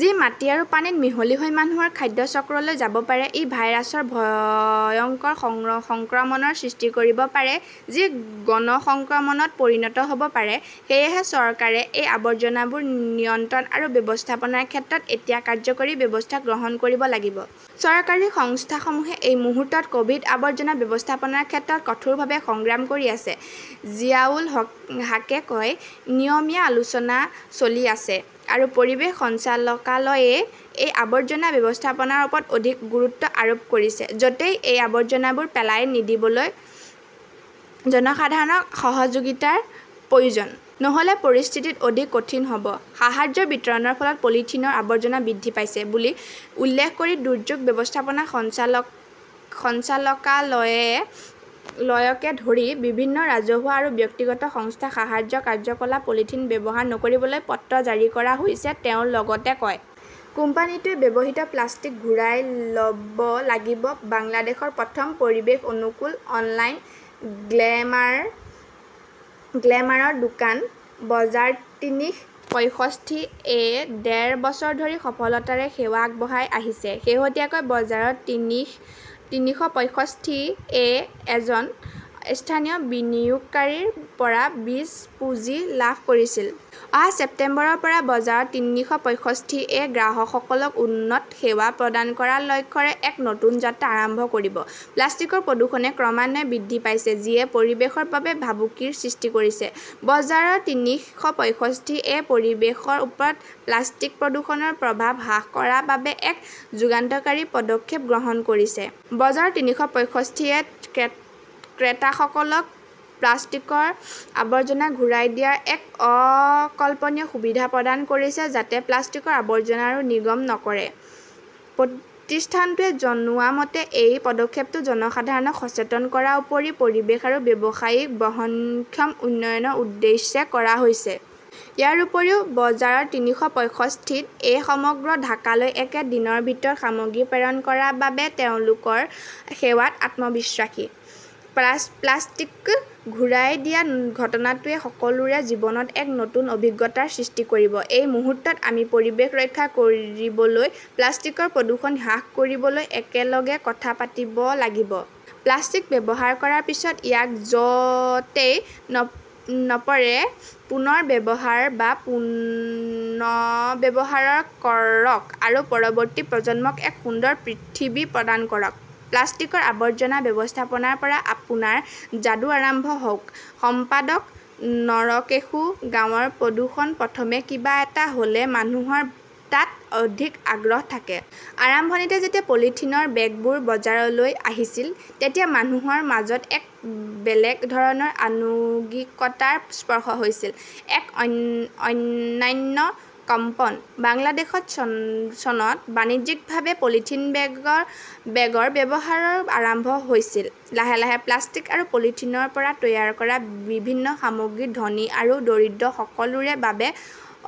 যি মাটি আৰু পানীত মিহলি হৈ মানুহৰ খাদ্য চক্ৰলৈ যাব পাৰে। ই ভাইৰাছৰ ভয়ংকৰ সংক্ৰমণৰ সৃষ্টি কৰিব পাৰে, যি গণ সংক্ৰমণত পৰিণত হ 'ব পাৰে। সেয়েহে চৰকাৰে এই আৱৰ্জনাবোৰ নিয়ন্ত্ৰণ আৰু ব্যৱস্থাপনাৰ ক্ষেত্ৰত এতিয়া কাৰ্যকৰী ব্যৱস্থা গ্ৰহণ কৰিব লাগিব। চৰকাৰী সংস্থাসমূহে এই মুহূৰ্তত ক’ভিড- আৱৰ্জনা ব্যৱস্থাপনাৰ ক্ষেত্ৰত কঠোৰভাৱে সংগ্ৰাম কৰি আছে, জিয়াউল হাকে কয়। নিয়মীয়া আলোচনা চলি আছে আৰু পৰিৱেশ সঞ্চালকালয়ই এই আৱৰ্জনা ব্যৱস্থাপনাৰ ওপৰত অধিক গুৰুত্ব আৰোপ কৰিছে। য 'তেই এই আৱৰ্জনাবোৰ পেলাই নিদিবলৈ জনসাধাৰণৰ সহযোগিতাৰ প্ৰয়োজন। নহ’লে পৰিস্থিতি অধিক কঠিন হ’ব। সাহায্য বিতৰণৰ ফলত পলিথিনৰ আৱৰ্জনা বৃদ্ধি পাইছে বুলি উল্লেখ কৰি দুৰ্যোগ ব্যৱস্থাপনা সঞ্চালকালয়কে ধৰি বিভিন্ন ৰাজহুৱা আৰু ব্যক্তিগত সংস্থাক সাহায্য কাৰ্যকলাপত পলিথিন ব্যৱহাৰ নকৰিবলৈ পত্ৰ জাৰি কৰা হৈছে, তেওঁ লগতে কয়। কোম্পানীটোৱে ব্যৱহৃত প্লাষ্টিক ঘূৰাই ল 'ব লাগিব বাংলাদেশৰ প্ৰথম পৰিৱেশ-অনুকূল অনলাইন গ্লেমাৰৰ দোকান বজাৰতিনিশ পয়ষষ্ঠি-এ ডেৰ বছৰ ধৰি সফলতাৰে সেৱা আগবঢ়াই আহিছে। শেহতীয়াকৈ বজাৰ তিনিশ পয়ষষ্ঠি-এ এজন স্থানীয় বিনিয়োগকাৰীৰ পৰা বীজ পুঁজি লাভ কৰিছিল। অহা ছেপ্টেম্বৰৰ পৰা বজাৰ তিনিশ পয়ষষ্ঠি-এ গ্ৰাহকসকলক উন্নত সেৱা প্ৰদান কৰাৰ লক্ষ্যৰে এক নতুন যাত্ৰা আৰম্ভ কৰিব। প্লাষ্টিকৰ প্ৰদূষণ ক্ৰমান্বয়ে বৃদ্ধি পাইছে, যিয়ে পৰিৱেশৰ বাবে ভাবুকিৰ সৃষ্টি কৰিছে। বজাৰ তিনিশ পয়ষষ্ঠি-এ পৰিৱেশৰ ওপৰত প্লাষ্টিক প্ৰদূষণৰ প্ৰভাৱ হ্ৰাস কৰাৰ বাবে এক যুগান্তকাৰী পদক্ষেপ গ্ৰহণ কৰিছে। বজাৰ তিনিশ পয়ষষ্ঠি-এ ক্ৰেতাসকলক প্লাষ্টিকৰ আৱৰ্জনা ঘূৰাই দিয়াৰ এক অকল্পনীয় সুবিধা প্ৰদান কৰিছে যাতে প্লাষ্টিকৰ আৱৰ্জনা আৰু নিৰ্গমন নকৰে। প্ৰতিষ্ঠানটোৱে জনোৱা মতে, এই পদক্ষেপটো জনসাধাৰণক সচেতন কৰাৰ উপৰিও পৰিৱেশ আৰু ব্যৱসায়ৰ বহনক্ষম উন্নয়নৰ উদ্দেশ্যে কৰা হৈছে। ইয়াৰ উপৰিও, বজাৰতিনিশ পয়ষষ্ঠি-এ সমগ্ৰ ঢাকালৈ একে দিনৰ ভিতৰত সামগ্ৰী প্ৰেৰণ কৰাৰ বাবে তেওঁলোকৰ সেৱাত আত্মবিশ্বাসী। প্লাষ্টিক ঘূৰাই দিয়াৰ ঘটনাটোৱে সকলোৰে জীৱনত এক নতুন অভিজ্ঞতাৰ সৃষ্টি কৰিব। এই মুহূৰ্তত আমি পৰিৱেশ ৰক্ষা কৰিবলৈ প্লাষ্টিকৰ প্ৰদূষণ হ্ৰাস কৰিবলৈ একেলগে কথা পাতিব লাগিব। প্লাষ্টিক ব্যৱহাৰ কৰাৰ পিছত ইয়াক য 'তেই নপৰে পুনৰ ব্যৱহাৰ বা পুনৰ্ব্যৱহাৰ কৰক আৰু পৰৱৰ্তী প্ৰজন্মক এক সুন্দৰ পৃথিৱী প্ৰদান কৰক। প্লাষ্টিকৰ আৱৰ্জনা ব্যৱস্থাপনাৰ পৰাই আপোনাৰ যাদু আৰম্ভ হওঁক! সম্পাদক নৰকেশুঃ গাঁৱৰ প্ৰদূষণ প্ৰথমে কিবা এটা হ’লে মানুহৰ তাত অধিক আগ্ৰহ থাকে। আৰম্ভণিতে যেতিয়া পলিথিনৰ বেগবোৰ বজাৰলৈ আহিছিল, তেতিয়া মানুহৰ মাজত এক বেলেগ ধৰণৰ আনুগিকতাৰ স্পৰ্শ হৈছিল, এক অন্যান্য কম্পন। বাংলাদেশত চনত বাণিজ্যিকভাৱে পলিথিন বেগৰ ব্যৱহাৰৰ আৰম্ভ হৈছিল। লাহে লাহে প্লাষ্টিক আৰু পলিথিনৰ পৰা তৈয়াৰ কৰা বিভিন্ন সামগ্ৰী ধনী আৰু দৰিদ্ৰ সকলোৰে বাবে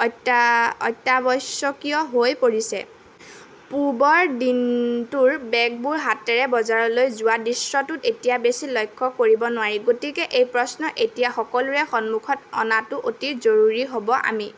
অত্যাৱশ্যকীয় হৈ পৰিছে। পূৰ্বৰ দিনটোৰ বেগবোৰ হাতেৰে বজাৰলৈ যোৱাৰ দৃশ্যটো এতিয়া বেছি লক্ষ্য কৰিব নোৱাৰি। গতিকে এই প্ৰশ্ন এতিয়া সকলোৰে সন্মুখত অনাটো অতি জৰুৰী হ’ব-আমি